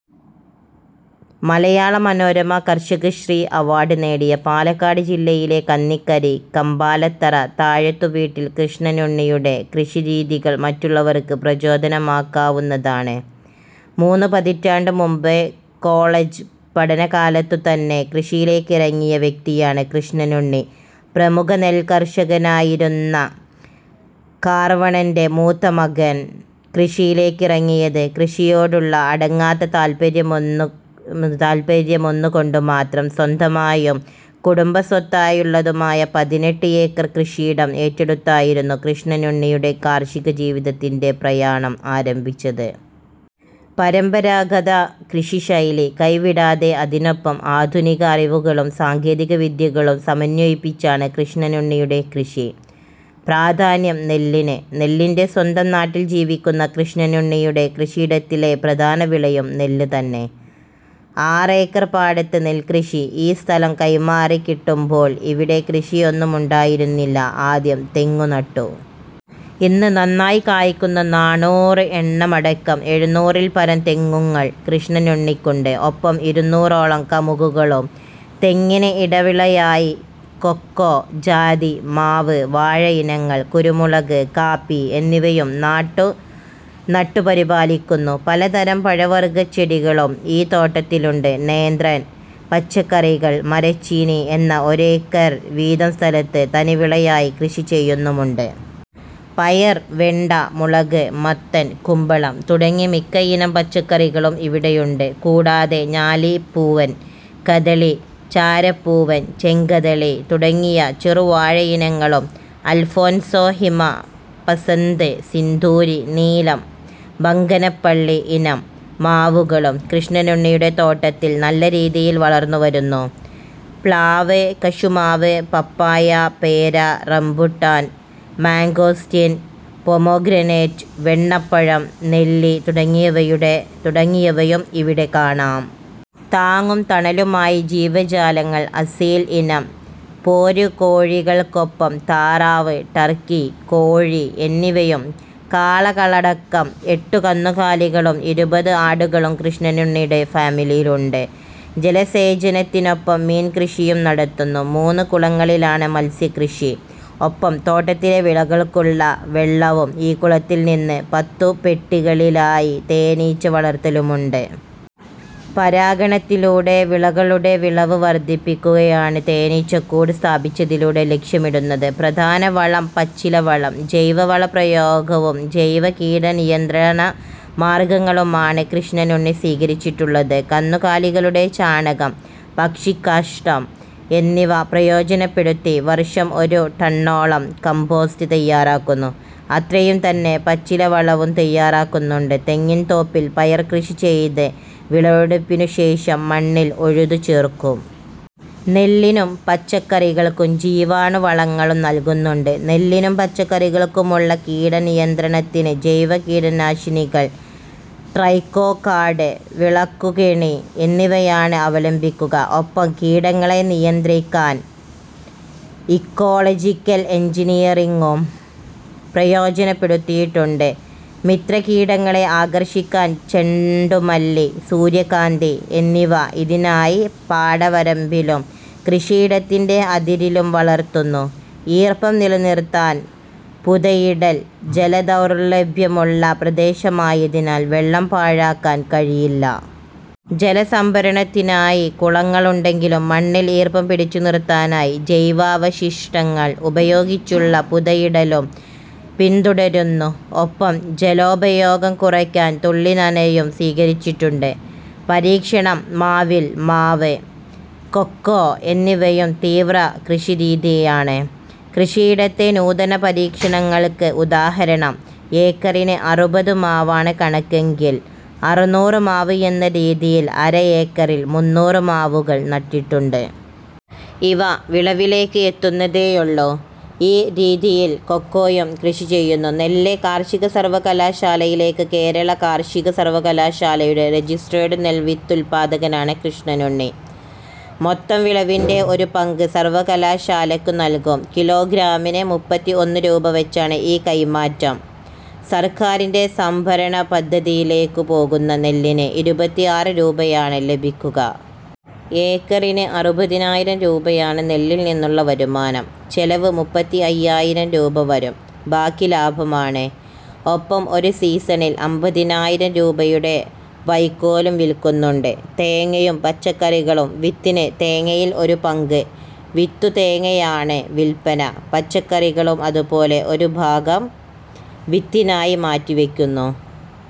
മലയാള Manorama Karshakasree award നേടിയ പാലക്കാട് ജില്ലയിലെ കന്നിക്കരി കമ്പാലത്തറ താഴത്തുവീട്ടിൽ കൃഷ്ണനുണ്ണിയുടെ കൃഷിരീതികൾ മറ്റുള്ളവർക്ക് പ്രചോദനമാക്കാവുന്നതാണ്. മൂന്നു പതിറ്റാണ്ടു മുമ്പ് കോളജ് പഠനകാലത്തുതന്നെ കൃഷിയിലേക്കിറങ്ങിയ വ്യക്തിയാണ് കൃഷ്ണനുണ്ണി. പ്രമുഖ നെൽക്കർഷകനായിരുന്ന കാർവർണന്റെ മൂത്ത മകൻ കൃഷിയിലേക്കിറങ്ങിയത് കൃഷിയിയോടുള്ള അടങ്ങാത്ത താൽപര്യമൊന്നുകൊണ്ടു മാത്രം. സ്വന്തമായും കുടുംബസ്വത്തായുള്ളതുമായ പതിനെട്ട് ഏക്കർ കൃഷിയിടം ഏറ്റെടുത്തായിരുന്നു കൃഷ്ണനുണ്ണിയുടെ കാർഷിക ജീവിതത്തിന്റെ പ്രയാണം ആരംഭിച്ചത്. പരമ്പരാഗത കൃഷിശൈലി കൈവിടാതെ അതിനൊപ്പം ആധുനിക അറിവുകളും സാങ്കേതികവിദ്യകളും സമന്വയിപ്പിച്ചാണ് കൃഷ്ണനുണ്ണിയുടെ കൃഷി. പ്രാധാന്യം നെല്ലിന്. നെല്ലിന്റെ സ്വന്തം നാട്ടിൽ ജീവിക്കുന്ന കൃഷ്ണനുണ്ണിയുടെ കൃഷിയിടത്തിലെ പ്രധാന വിളയും നെല്ലു തന്നെ. ആറേക്കർ പാടത്ത് നെൽകൃഷി. ഈ സ്ഥലം കൈമാറിക്കിട്ടുമ്പോൾ ഇവിടെ കൃഷിയൊന്നുമുണ്ടായിരുന്നില്ല. ആദ്യം തെങ്ങു നട്ടു. ഇന്ന് നന്നായി കായ്ക്കുന്ന നാണൂർ എണ്ണമടക്കം എഴുനൂറിൽപ്പരം തെങ്ങുങ്ങൾ കൃഷ്ണനുണ്ണിക്കുണ്ട്. ഒപ്പം ഇരുന്നൂറോളം കമുകുകളും. തെങ്ങിന് ഇടവിളയായി കൊക്കോ, ജാതി, മാവ്, വാഴയിനങ്ങൾ, കുരുമുളക്, കാപ്പി എന്നിവയും നട്ടു പരിപാലിക്കുന്നു. പലതരം പഴവർഗച്ചെടികളും ഈ തോട്ടത്തിലുണ്ട്. നേന്ത്രൻ, പച്ചക്കറികൾ, മരച്ചീനി എന്ന ഒരേക്കർ വീതം സ്ഥലത്തു തനിവിളയായി കൃഷി ചെയ്യുന്നുമുണ്ട്. പയർ, വെണ്ട, മുളക്, മത്തൻ, കുമ്പളം തുടങ്ങി മിക്ക ഇനം പച്ചക്കറികളും ഇവിടെയുണ്ട്. കൂടാതെ ഞാലിപ്പൂവൻ, കദളി, ചാരപ്പൂവൻ, ചെങ്കദളി തുടങ്ങിയ ചെറു വാഴയിനങ്ങളും അൽഫോൻസോ, ഹിമ പസന്ത്, സിന്ദൂരി, നീലം, ബംഗനപ്പള്ളി ഇനം മാവുകളും കൃഷ്ണനുണ്ണിയുടെ തോട്ടത്തിൽ നല്ല രീതിയിൽ വളർന്നുവരുന്നു. പ്ലാവ്, കശുമാവ്, പപ്പായ, പേര, റംബുട്ടാൻ, മാംഗോസ്റ്റിൻ, പൊമോഗ്രനേറ്റ്, വെണ്ണപ്പഴം, നെല്ലി തുടങ്ങിയവയും ഇവിടെ കാണാം. താങ്ങും തണലുമായി ജീവജാലങ്ങൾ അസീൽ ഇനം പോരുകോഴികൾക്കൊപ്പം താറാവ്, ടർക്കി, കോഴി എന്നിവയും കാളകളടക്കം എട്ടു കന്നുകാലികളും ഇരുപത് ആടുകളും കൃഷ്ണനുണ്ണിയുടെ ഫാമിലുണ്ട്. ജലസേചനത്തിനൊപ്പം മീൻകൃഷിയും നടത്തുന്നു. മൂന്നു കുളങ്ങളിലാണ് മത്സ്യകൃഷി. ഒപ്പം തോട്ടത്തിലെ വിളകൾക്കുള്ള വെള്ളവും ഈ കുളങ്ങളിൽനിന്ന്. പത്തു പെട്ടികളിലായി തേനിച്ച വളർത്തലുമുണ്ട്. പരാഗണത്തിലൂടെ വിളകളുടെ വിളവ് വർധിപ്പിക്കുകയാണ് തേനീച്ചക്കൂട് സ്ഥാപിച്ചതിലൂടെ ലക്ഷ്യമിടുന്നത്. പ്രധാന വളം പച്ചിലവളം ജൈവവളപ്രയോഗവും ജൈവ കീടനിയന്ത്രണമാർഗങ്ങളുമാണ് കൃഷ്ണനുണ്ണി സ്വീകരിച്ചിട്ടുള്ളത്. കന്നുകാലികളുടെ ചാണകം, പക്ഷിക്കാഷ്ഠം എന്നിവ പ്രയോജനപ്പെടുത്തി വർഷം ഒരു ടണ്ണോളം കംപോസ്റ്റ് തയാറാക്കുന്നു. അത്രയുംതന്നെ പച്ചിലവളവും തയാറാക്കുന്നുണ്ട്. തെങ്ങിൻതോപ്പിൽ പയർ കൃഷി ചെയ്ത് വിളവെടുപ്പിനുശേഷം മണ്ണിൽ ഉഴുതു ചേർക്കും. നെല്ലിനും പച്ചക്കറികൾക്കും ജീവാണുവളങ്ങളും നൽകുന്നുണ്ട്. നെല്ലിനും പച്ചക്കറികൾക്കുമുള്ള കീടനിയന്ത്രണത്തിന് ജൈവകീടനാശിനികൾ, ട്രൈക്കോ കാർഡ്, വിളക്കുകെണി എന്നിവയാണ് അവലംബിക്കുക. ഒപ്പം കീടങ്ങളെ നിയന്ത്രിക്കാൻ ഇക്കോളജിക്കൽ എൻജിനിയറിങ്ങും പ്രയോജനപ്പെടുത്തിയിട്ടുണ്ട്. മിത്രകീടങ്ങളെ ആകർഷിക്കാൻ ചെണ്ടുമല്ലി, സൂര്യകാന്തി എന്നിവ ഇതിനായി പാടവരമ്പിലും കൃഷിയിടത്തിന്റെ അതിരിലും വളർത്തുന്നു. ഈർപ്പം നിലനിർത്താൻ പുതയിടൽ ജലദൗർലഭ്യമുള്ള പ്രദേശമായതിനാൽ വെള്ളം പാഴാക്കാൻ കഴിയില്ല. ജലസംഭരണത്തിനായി കുളങ്ങളുണ്ടെങ്കിലും മണ്ണിൽ ഈർപ്പം പിടിച്ചുനിർത്താനായി ജൈവാവശിഷ്ടങ്ങൾ ഉപയോഗിച്ചുള്ള പുതയിടലും പിന്തുടരുന്നു. ഒപ്പം ജലോപയോഗം കുറയ്ക്കാൻ തുള്ളിനനയും സ്വീകരിച്ചിട്ടുണ്ട്. പരീക്ഷണം മാവിൽ മാവ്, കൊക്കോ എന്നിവയുടെ തീവ്ര കൃഷിരീതിയാണ് കൃഷിയിടത്തെ നൂതന പരീക്ഷണങ്ങൾക്ക് ഉദാഹരണം. ഏക്കറിന് അറുപത് മാവാണ് കണക്കെങ്കിൽ അറുനൂറ് മാവ് എന്ന രീതിയിൽ അര ഏക്കറിൽ മുന്നൂറ് മാവുകൾ നട്ടിട്ടുണ്ട്. ഇവ വിളവിലേക്ക് എത്തുന്നതേയുള്ളൂ. ഈ രീതിയിൽ കൊക്കോയും കൃഷി ചെയ്യുന്നു. നെല്ല് കാർഷിക സർവകലാശാലയിലേക്ക് കേരള കാർഷിക സർവകലാശാലയുടെ റജിസ്ടേർഡ് നെൽവിത്തുൽപാദകനാണ് കൃഷ്ണനുണ്ണി. മൊത്തം വിളവിന്റെ ഒരു പങ്ക് സർവകലാശാലയ്ക്കു നൽകും. കിലോഗ്രാമിന് മുപ്പത്തിഒന്ന് രൂപ വച്ചാണ് ഈ കൈമാറ്റം. സർക്കാരിന്റെ സംഭരണപദ്ധതിയിലേക്കു പോകുന്ന നെല്ലിന് ഇരുപത്തിആറ് രൂപയാണ് ലഭിക്കുക. ഏക്കറിന് അറുപതിനായിരം രൂപയാണ് നെല്ലിൽനിന്നുള്ള വരുമാനം. ചെലവ് മുപ്പത്തിഅയ്യായിരം രൂപ വരും. ബാക്കി ലാഭമാണ്. ഒപ്പം ഒരു സീസണിൽ അമ്പതിനായിരം രൂപയുടെ വൈക്കോലും വിൽക്കുന്നുണ്ട്. തേങ്ങയും പച്ചക്കറികളും വിത്തിന് തേങ്ങയിൽ ഒരു പങ്ക് വിത്തുതേങ്ങയായാണ് വിൽപന. പച്ചക്കറികളും അതുപോലെ ഒരു ഭാഗം വിത്തിനായി മാറ്റിവയ്ക്കുന്നു.